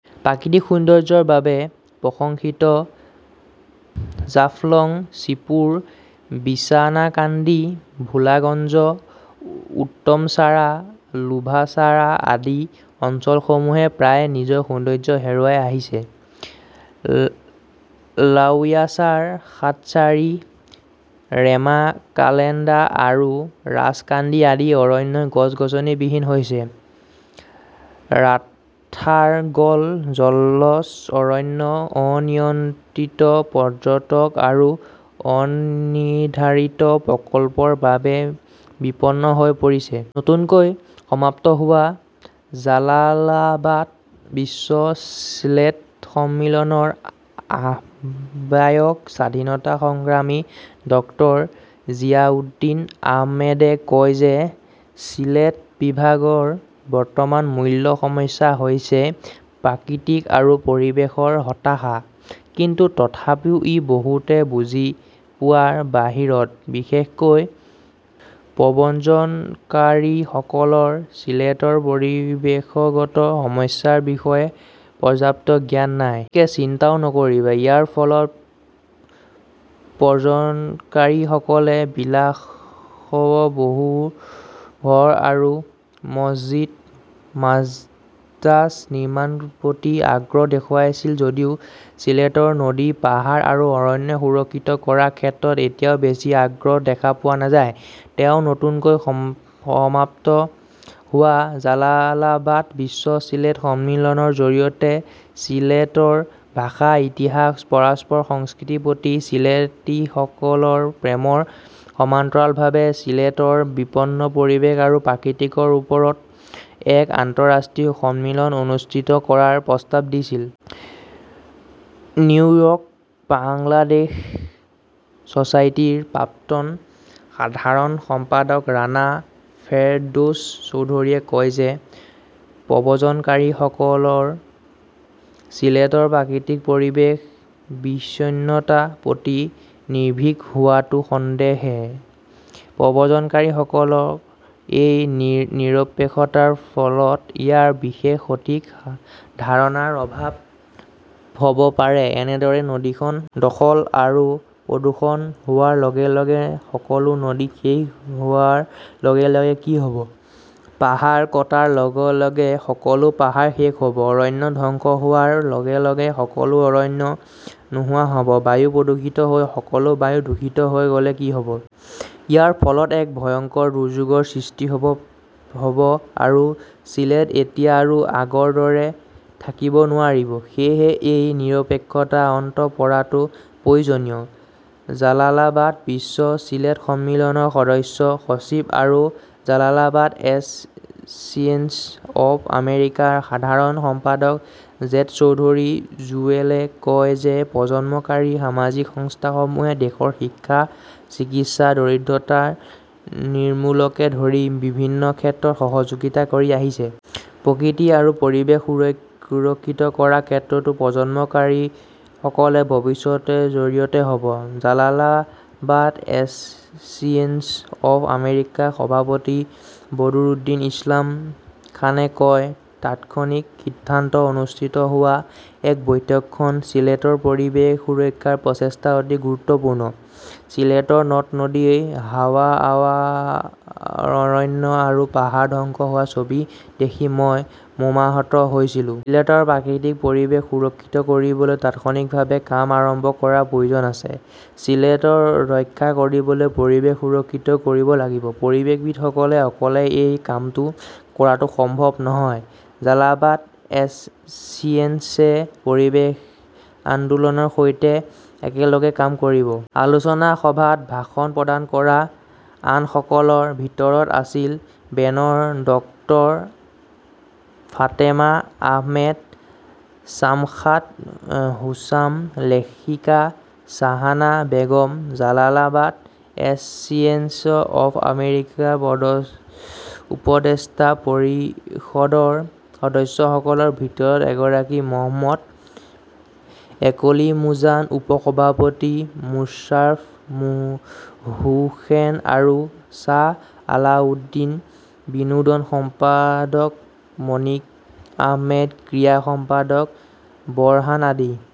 প্ৰাকৃতিক সৌন্দৰ্য্যৰ বাবে প্ৰশংসিত জাফলং, শ্ৰীপুৰ, বিছানাকান্দি, ভোলাগঞ্জ, উত্তমচাৰা, লোভাচাৰা আদি অঞ্চলসমূহে প্ৰায়ে নিজৰ সৌন্দৰ্য হেৰুৱাই আহিছে। লাউয়াছাৰা, সাতচাৰী, ৰেমা-কালেঙ্গা আৰু ৰাজকান্দি আদি অৰণ্য গছ-গছনিবিহীন হৈছে। ৰাথাৰগুল জলজ অৰণ্য অনিয়ন্ত্ৰিত পৰ্যটক আৰু অনিৰ্ধাৰিত প্ৰকল্পৰ বাবে বিপন্ন হৈ পৰিছে। নতুনকৈ সমাপ্ত হোৱা জালালাবাদ বিশ্ব চিলেট সন্মিলনৰ আহ্বায়ক স্বাধীনতা সংগ্ৰামী ডক্টৰ জিয়াউদ্দিন আহমেদে কয় যে, চিলেট বিভাগৰ বৰ্তমানৰ মূল সমস্যা হৈছে প্ৰকৃতি আৰু পৰিৱেশৰ হতাশা। কিন্তু তথাপিও ই বহুতে বুজি পোৱাৰ বাহিৰত। বিশেষকৈ প্ৰব্ৰজনকাৰীসকলৰ চিলেটৰ পৰিৱেশগত সমস্যাৰ বিষয়ে পৰ্যাপ্ত জ্ঞান নাই। গতিকে চিন্তাও নকৰিব। ইয়াৰ ফলত প্ৰব্ৰজনকাৰীসকলে বিলাসবহুল ঘৰ আৰু মছজিদ মাদ্ৰাজ নিৰ্মাণৰ প্ৰতি আগ্ৰহ দেখুৱাইছিল যদিও চিলেটৰ নদী, পাহাৰ আৰু অৰণ্য সুৰক্ষিত কৰাৰ ক্ষেত্ৰত এতিয়াও বেছি আগ্ৰহ দেখা পোৱা নাযায়। তেওঁ নতুনকৈ সমাপ্ত হোৱা জালালাবাদ বিশ্ব চিলেট সন্মিলনৰ জৰিয়তে চিলেটৰ ভাষা-ইতিহাস-পৰম্পৰা-সংস্কৃতিৰ প্ৰতি চিলেটীসকলৰ প্ৰেমৰ সমান্তৰালভাৱে চিলেটৰ বিপন্ন পৰিৱেশ আৰু প্ৰকৃতিৰ ওপৰত এক আন্তঃৰাষ্ট্ৰীয় সন্মিলন অনুষ্ঠিত কৰাৰ প্ৰস্তাৱ দিছিল। নিউয়ৰ্ক বাংলাদেশ ছ'চাইটিৰ প্ৰাক্তন সাধাৰণ সম্পাদক ৰাণা ফেৰদৌছ চৌধুৰীয়ে কয় যে, প্ৰব্ৰজনকাৰীসকলৰ চিলেটৰ প্ৰাকৃতিক পৰিৱেশৰ বিষণ্ণতাৰ প্ৰতি নিৰ্ভীক হোৱাটো নিঃসন্দেহে। প্ৰব্ৰজনকাৰীসকলৰ এই নিৰপেক্ষতাৰ ফলত ইয়াৰ বিষয়ে সঠিক ধাৰণাৰ অভাৱ হ'ব পাৰে। এনেদৰে নদীখন দখল আৰু প্ৰদূষণ হোৱাৰ লগে লগে সকলো নদী শেষ হোৱাৰ লগে লগে কি হ'ব, পাহাৰ কটাৰ লগে লগে সকলো পাহাৰ শেষ হ'ব, অৰণ্য ধ্বংস হোৱাৰ লগে লগে সকলো অৰণ্য নোহোৱা হ'ব, বায়ু প্ৰদূষিত হৈ সকলো বায়ু দূষিত হৈ গ’লে কি হ’ব? ইয়াৰ ফলত এক ভয়ংকৰ দুৰ্যোগৰ সৃষ্টি হ’ব আৰু চিলেট তেতিয়া আৰু আগৰ দৰে থাকিব নোৱাৰিব। সেয়েহে এই নিৰপেক্ষতাৰ অন্ত পৰাটো প্ৰয়োজনীয়। জালালাবাদ বিশ্ব চিলেট সন্মিলনৰ সদস্য সচিব আৰু জালালাবাদ এছ'চিয়েশ্যন অৱ আমেৰিকাৰ সাধাৰণ সম্পাদক জেড চৌধুৰী জুৱেলে কয় যে, প্ৰব্ৰজনকাৰী সামাজিক সংস্থাসমূহে দেশৰ শিক্ষা, চিকিৎসা, দৰিদ্ৰতা নিৰ্মূলকে ধৰি বিভিন্ন ক্ষেত্ৰত সহযোগিতা কৰি আহিছে। প্ৰকৃতি আৰু পৰিৱেশ সুৰক্ষিত কৰাৰ ক্ষেত্ৰতো প্ৰব্ৰজনকাৰীসকলে ভৱিষ্যতে জড়িত হ'ব। জালালাবাদ এছ'চিয়েশ্যন অৱ আমেৰিকাৰ সভাপতি বদৰুল ইছলাম খানে কয়, তাৎক্ষণিক সিদ্ধান্তত অনুষ্ঠিত হোৱা এই বৈঠকখন চিলেটৰ পৰিৱেশ সুৰক্ষাৰ প্ৰচেষ্টা অতি গুৰুত্বপূৰ্ণ। ছিলেটৰ নদ-নদী, হাৱাৰ-বাৱাৰ, অৰণ্য আৰু পাহাৰ ধ্বংস হোৱাৰ ছবি দেখি মই মৰ্মাহত হৈছিলোঁ। চিলেটৰ প্ৰাকৃতিক পৰিৱেশ সুৰক্ষিত কৰিবলৈ তাৎক্ষণিকভাৱে কাম আৰম্ভ কৰাৰ প্ৰয়োজন আছে। চিলেটক ৰক্ষা কৰিবলৈ পৰিৱেশ সুৰক্ষিত কৰিব লাগিব। পৰিৱেশবিদসকলে অকলে এই কামটো কৰাটো সম্ভৱ নহয়। জালালাবাদ এছ'চিয়েশ্যনে পৰিৱেশ আন্দোলনৰ সৈতে একেলগে কাম কৰিব। আলোচনা সভাত ভাষণ প্ৰদান কৰা আনসকলৰ ভিতৰত আছিল বেনৰ ডক্টৰ ফাতেমা আহমেদ, ছামশাদ হুছাম, লেখিকা শ্বাহানা বেগম, জালালাবাদ এছ'চিয়েশ্যন অৱ আমেৰিকাৰ উপদেষ্টা পৰিষদৰ সদস্যসকলৰ ভিতৰত এগৰাকী মহম্মদ একলিমুজান, উপ-সভাপতি মুশ্বাৰফ হোসেন আৰু শ্বাহ আলাউদ্দিন, বিনোদন সম্পাদক মাণিক আহমেদ, ক্ৰীড়া সম্পাদক বৰহান আদি।